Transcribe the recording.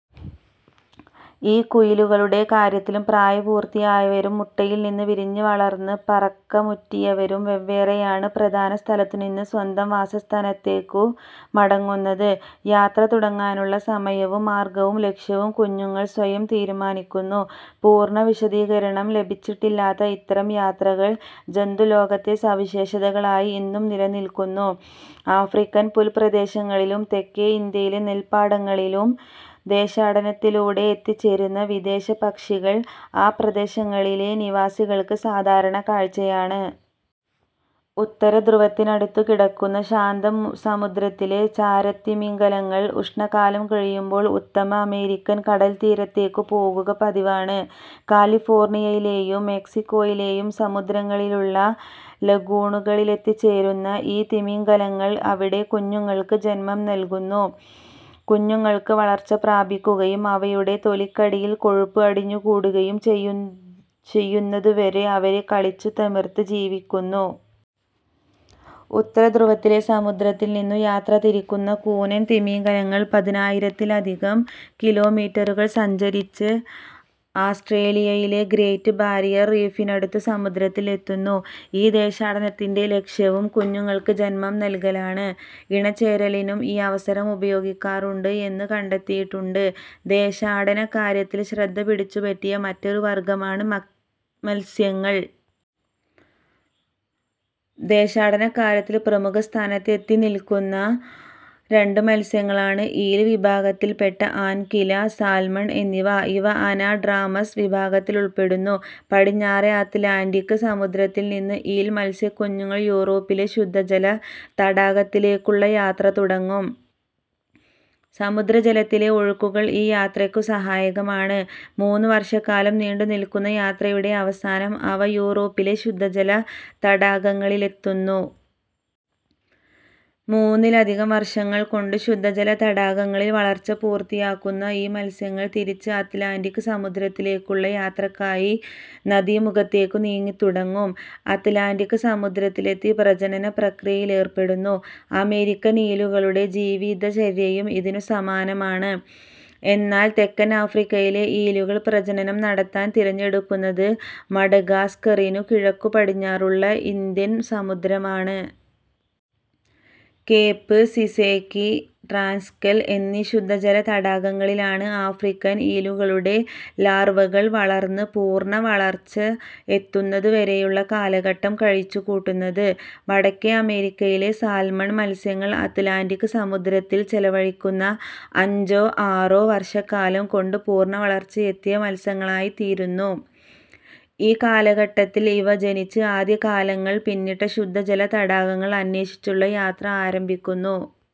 ഈ കുയിലുകളുടെ കാര്യത്തിലും പ്രായപൂർത്തിയായവരും മുട്ടയിൽനിന്നു വിരിഞ്ഞ് വളർന്ന് പറക്കമുറ്റിയവരും വെവ്വേറെയാണ് പ്രധാന സ്ഥലത്തുനിന്ന് സ്വന്തം വാസസ്ഥാനത്തേക്കു മടങ്ങുന്നത്. യാത്ര തുടങ്ങാനുള്ള സമയവും മാർഗവും ലക്ഷ്യവും കുഞ്ഞുങ്ങൾ സ്വയം തീരുമാനിക്കുന്നു. പൂർണ വിശദീകരണം ലഭിച്ചിട്ടില്ലാത്ത ഇത്തരം യാത്രകൾ ജന്തുലോകത്തെ സവിശേഷതകളായി ഇന്നും നിലനില്ക്കുന്നു. ആഫ്രിക്കൻ പുൽപ്രദേശങ്ങളിലും തെക്കേ ഇന്ത്യയിലെ നെൽപ്പാടങ്ങളിലും ദേശാടനത്തിലൂടെ എത്തിച്ചേരുന്ന വിദേശപ്പക്ഷികൾ ആ പ്രദേശങ്ങളിലെ നിവാസികൾക്ക് സാധാരണ കാഴ്ചയാണ്. ഉത്തരധ്രുവത്തിനടുത്തു കിടക്കുന്ന ശാന്തസമുദ്രത്തിലെ ചാരത്തിമിംഗിലങ്ങൾ ഉഷ്ണകാലം കഴിയുമ്പോൾ ഉത്തര അമേരിക്കൻ കടൽത്തീരത്തേക്കു പോവുക പതിവാണ്. കാലിഫോർണിയയിലെയും മെക്സിക്കോയിലെയും സമുദ്രങ്ങളിലുള്ള ലഗൂണുകളിലെത്തിച്ചേരുന്ന ഈ തിമിംഗിലങ്ങൾ അവിടെ കുഞ്ഞുങ്ങൾക്ക് ജന്മം നല്കുന്നു. കുഞ്ഞുങ്ങൾ വളർച്ച പ്രാപിക്കുകയും അവയുടെ തൊലിക്കടിയിൽ കൊഴുപ്പ് അടിഞ്ഞുകൂടുകയും ചെയ്യുന്നതുവരെ അവ കളിച്ചു തിമിർത്ത് ജീവിക്കുന്നു. ഉത്തരധ്രുവത്തിലെ സമുദ്രത്തിൽനിന്നു യാത്ര തിരിക്കുന്ന കൂനൻ തിമിംഗിലങ്ങൾ പതിനായിരത്തിലധികം കിലോമീറ്ററുകൾ സഞ്ചരിച്ച് ആസ്റ്റ്രേലിയയിലെ ഗ്രേറ്റ് ബാരിയർ റീഫിനടുത്ത സമുദ്രത്തിൽ എത്തുന്നു. ഈ ദേശാടനത്തിന്റെ ലക്ഷ്യവും കുഞ്ഞുങ്ങൾക്ക് ജന്മം നല്കലാണ്. ഇണചേരലിനും ഈ അവസരം ഉപയോഗിക്കാറുണ്ട് എന്നു കണ്ടെത്തിയിട്ടുണ്ട്. ദേശാടനക്കാര്യത്തിൽ ശ്രദ്ധ പിടിച്ചുപറ്റിയിട്ടുള്ള മറ്റൊരു വർഗമാണ് മത്സ്യങ്ങൾ. ദേശാടനക്കാര്യത്തിൽ പ്രമുഖസ്ഥാനത്ത് എത്തിനില്ക്കുന്ന രണ്ട് മത്സ്യങ്ങളാണ് ഈൽ വിഭാഗത്തിൽപ്പെട്ട ആൻക്വില, സാൽമൺ എന്നിവ. ഇവ അനാഡ്രാമസ് വിഭാഗത്തിലുൾ പ്പെടുന്നു. പടിഞ്ഞാറേ അത് ലാന്റിക് സമുദ്രത്തിൽനിന്ന് ഈൽ മത്സ്യക്കുഞ്ഞുങ്ങൾ യൂറോപ്പിലെ ശുദ്ധജല തടാകത്തിലേക്കുള്ള യാത്ര തുടങ്ങും. സമുദ്രജലത്തിലെ ഒഴുക്കുകൾ ഈ യാത്രയ്ക്കു സഹായകമാണ്. മൂന്നുവർഷക്കാലം നീണ്ടുനില്ക്കുന്ന യാത്രയുടെ അവസാനം അവ യൂറോപ്പിലെ ശുദ്ധജല തടാകങ്ങളിലെത്തുന്നു. മൂന്നിലധികം വർഷങ്ങൾകൊണ്ട് ശുദ്ധജല തടാകങ്ങളിൽ വളർച്ച പൂർത്തിയാക്കുന്ന ഈ മത്സ്യങ്ങൾ തിരിച്ച് അത് ലാന്റിക് സമുദ്രത്തിലേക്കുള്ള യാത്രയ്ക്കായി നദീമുഖത്തേക്കു നീങ്ങിത്തുടങ്ങും. അത് ലാന്റിക് സമുദ്രത്തിലെത്തി പ്രജനന പ്രക്രിയയിലേർ പ്പെടുന്നു. അമേരിക്കൻ ഈലുകളുടെ ജീവിതചര്യയും ഇതിനു സമാനമാണ്. എന്നാൽ തെക്കൻ ആഫ്രിക്കയിലെ ഈലുകൾ പ്രജനനം നടത്താൻ തിരഞ്ഞെടുക്കുന്നത് മഡഗാസ്ക്കറിനു കിഴക്കുപടിഞ്ഞാറുള്ള ഇന്ത്യൻ സമുദ്രമാണ്. കേപ്, സിസേക്കി, ട്രാൻസ്കെൽ എന്നീ ശുദ്ധജല തടാകങ്ങളിലാണ് ആഫ്രിക്കൻ ഈലുകളുടെ ലാർവകൾ വളർന്ന് പൂർണവളർച്ച എത്തുന്നതുവരെയുള്ള കാലഘട്ടം കഴിച്ചുകൂട്ടുന്നത്. വടക്കേ അമേരിക്കയിലെ സാൽമൺ മത്സ്യങ്ങൾ അത് ലാന്റിക് സമുദ്രത്തിൽ ചെലവഴിക്കുന്ന അഞ്ചോ ആറോ വർഷക്കാലം കൊണ്ട് പൂർണവളർച്ചയെത്തിയ മത്സ്യങ്ങളായിത്തീരുന്നു. ഈ കാലഘട്ടത്തിൽ ഇവ, ജനിച്ച് ആദ്യകാലങ്ങൾ പിന്നിട്ട ശുദ്ധജല തടാകങ്ങൾ അന്വേഷിച്ചുള്ള യാത്ര ആരംഭിക്കുന്നു.